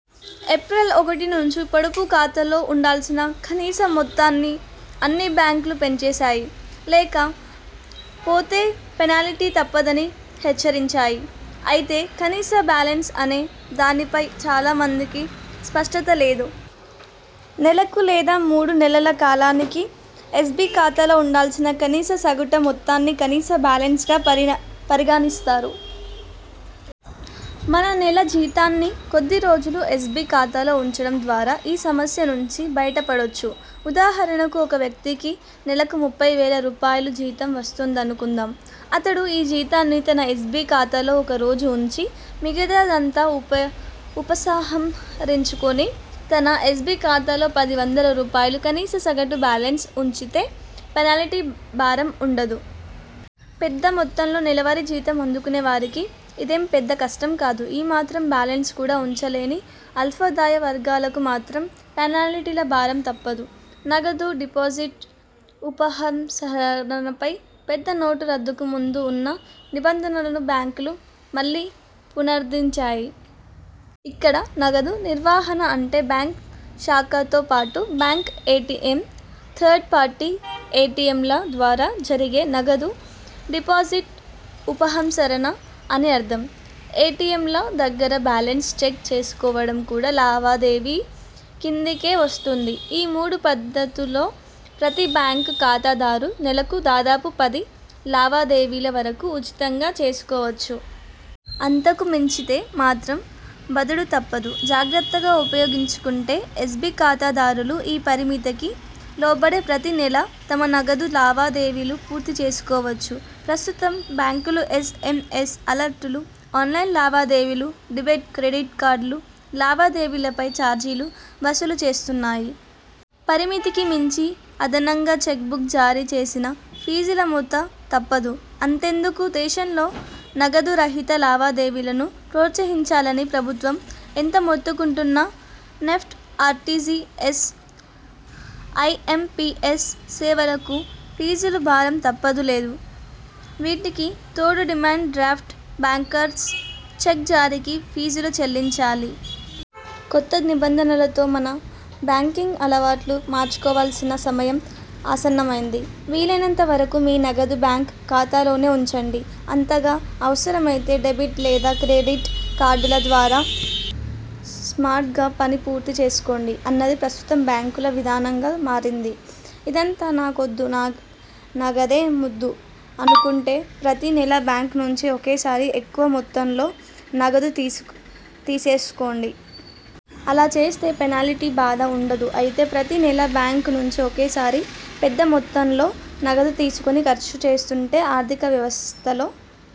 April ఒకటి నుంచి పొదుపు ఖాతాలో ఉండాల్సిన కనీస మొత్తాన్ని అన్ని బ్యాంకులు పెంచేశాయి. లేక పోతే పెనాల్టీ తప్పదని హెచ్చరించాయి. అయితే కనీస బాలెన్స్ అనే దానిపై చాలా మందికి స్పష్టత లేదు. నెలకు లేదా మూడు నెలల కాలానికి ఎస్బి ఖాతాలో ఉండాల్సిన కనీస సగటు మొత్తాన్నే 'కనీస బాలెన్స్'గా పరిగణిస్తారు. మన నెల జీతాన్ని కొద్ది రోజులు ఎస్బి ఖాతాలో ఉంచడం ద్వారా ఈ సమస్య నుంచి బయట పడొచ్చు. ఉదాహరణకు ఒక వ్యక్తికి నెలకు ముప్పై వేల రూపాయలు జీతం వస్తోందనుకుందాం. అతడు ఈ జీతాన్ని తన ఎస్బి ఖాతాలో ఒక రోజు ఉంచి, మిగతాదంతా ఉపసంహరిచుకుని, తన ఎస్బి ఖాతాలో పది వందల రూపాయలు కనీస సగటు బాలెన్స్ ఉంచితే పెనాల్టీల భారం ఉండదు. పెద్ద మొత్తంలో నెలవారీ జీతం అందుకునే వారికి ఇదేం పెద్ద కష్టం కాదు. ఈ మాత్రం బాలెన్స్ కూడా ఉంచలేని అల్పాదాయ వర్గాలకు మాత్రం పెనాల్టీల భారం తప్పదు. నగదు డిపాజిట్, ఉపసంహరణలపై పెద్ద నోట్ల రద్దుకు ముందు ఉన్న నిబంధనలను బ్యాంకులు మళ్లీ పునరుద్ధరించాయి. ఇక్కడ నగదు నిర్వహణ అంటే బ్యాంక్ శాఖతో పాటు, బ్యాంక్ ఎటిఎం, థర్డ్ పార్టీ ఎటిఎంల ద్వారా జరిగే నగదు డిపాజిట్, ఉపసంహరణ అని అర్థం. ఎటిఎంల దగ్గర బాలెన్స్ చెక్ చేసుకోవడం కూడా లావాదేవీ కిందికే వస్తుంది. ఈ మూడు పద్దతుల్లో ప్రతి బ్యాంక్ ఖాతాదారు నెలకు దాదాపు పది లావాదేవీల వరకు ఉచితంగా చేసుకోవచ్చు. అంతకు మించితే మాత్రం బాదుడు తప్పదు. జాగ్రత్తగా ఉపయోగించుకుంటే ఎస్బి ఖాతాదారులు ఈ పరిమితికి లోబడే ప్రతి నెలా తమ నగదు లావా దేవీలు పూర్తి చేసుకోవచ్చు. ప్రస్తుతం బ్యాంకులు ఎస్ఎంఎస్ అలర్టులు, ఆన్లైన్ లావాదేవీలు, డెబిట్, క్రెడిట్ కార్డు లావా దేవీలపై చార్జీలు వసూలు చేస్తున్నాయి. పరిమితికి మించి అదనంగా చెక్ బుక్ జారీ చేసినా ఫీజుల మోత తప్పదు. అంతెందుకు దేశంలో నగదు రహిత లావా దేవీలను ప్రోత్సహించాలని ప్రభుత్వం ఎంత మొత్తుకుంటున్నా నెఫ్ట్, ఆర్టిజిఎస్, ఐఎంపిఎస్ సేవలకూ ఫీజులు భారం తప్పడం లేదు. వీటికి తోడు డిమాండ్ డ్రాఫ్ట్, బ్యాంకర్స్ చెక్ జారీకి ఫీజులు చెల్లించాలి. కొత్త నిబంధనలతో మన బ్యాంకింగ్ అలవాట్లూ మార్చుకోవలసిన సమయం ఆసన్నమైంది. వీలైనంత వరకు మీ నగదు బ్యాంక్ ఖాతాలోనే ఉంచండి. అంతగా అవసరమైతే డెబిట్ లేదా క్రెడిట్ కార్డుల ద్వారా స్మార్ట్గా పని పూర్తి చేసుకోండి అన్నది ప్రస్తుతం బ్యాంకుల విధానంగా మారింది. ఇదంతా నాకొద్దు, నగదే ముద్దు అనుకుంటే ప్రతి నెలా బ్యాంక్ నుంచి ఒకేసారి ఎక్కువ మొత్తంలో నగదు తీసేసుకోండి. అలా చేస్తే పెనాల్టీల బాధ ఉండదు. అయితే ప్రతి నెలా బ్యాంకు నుంచి ఒకేసారి పెద్ద మొత్తంలో నగదు తీసుకుని ఖర్చు చేస్తుంటే, ఆర్థిక వ్యవస్థలో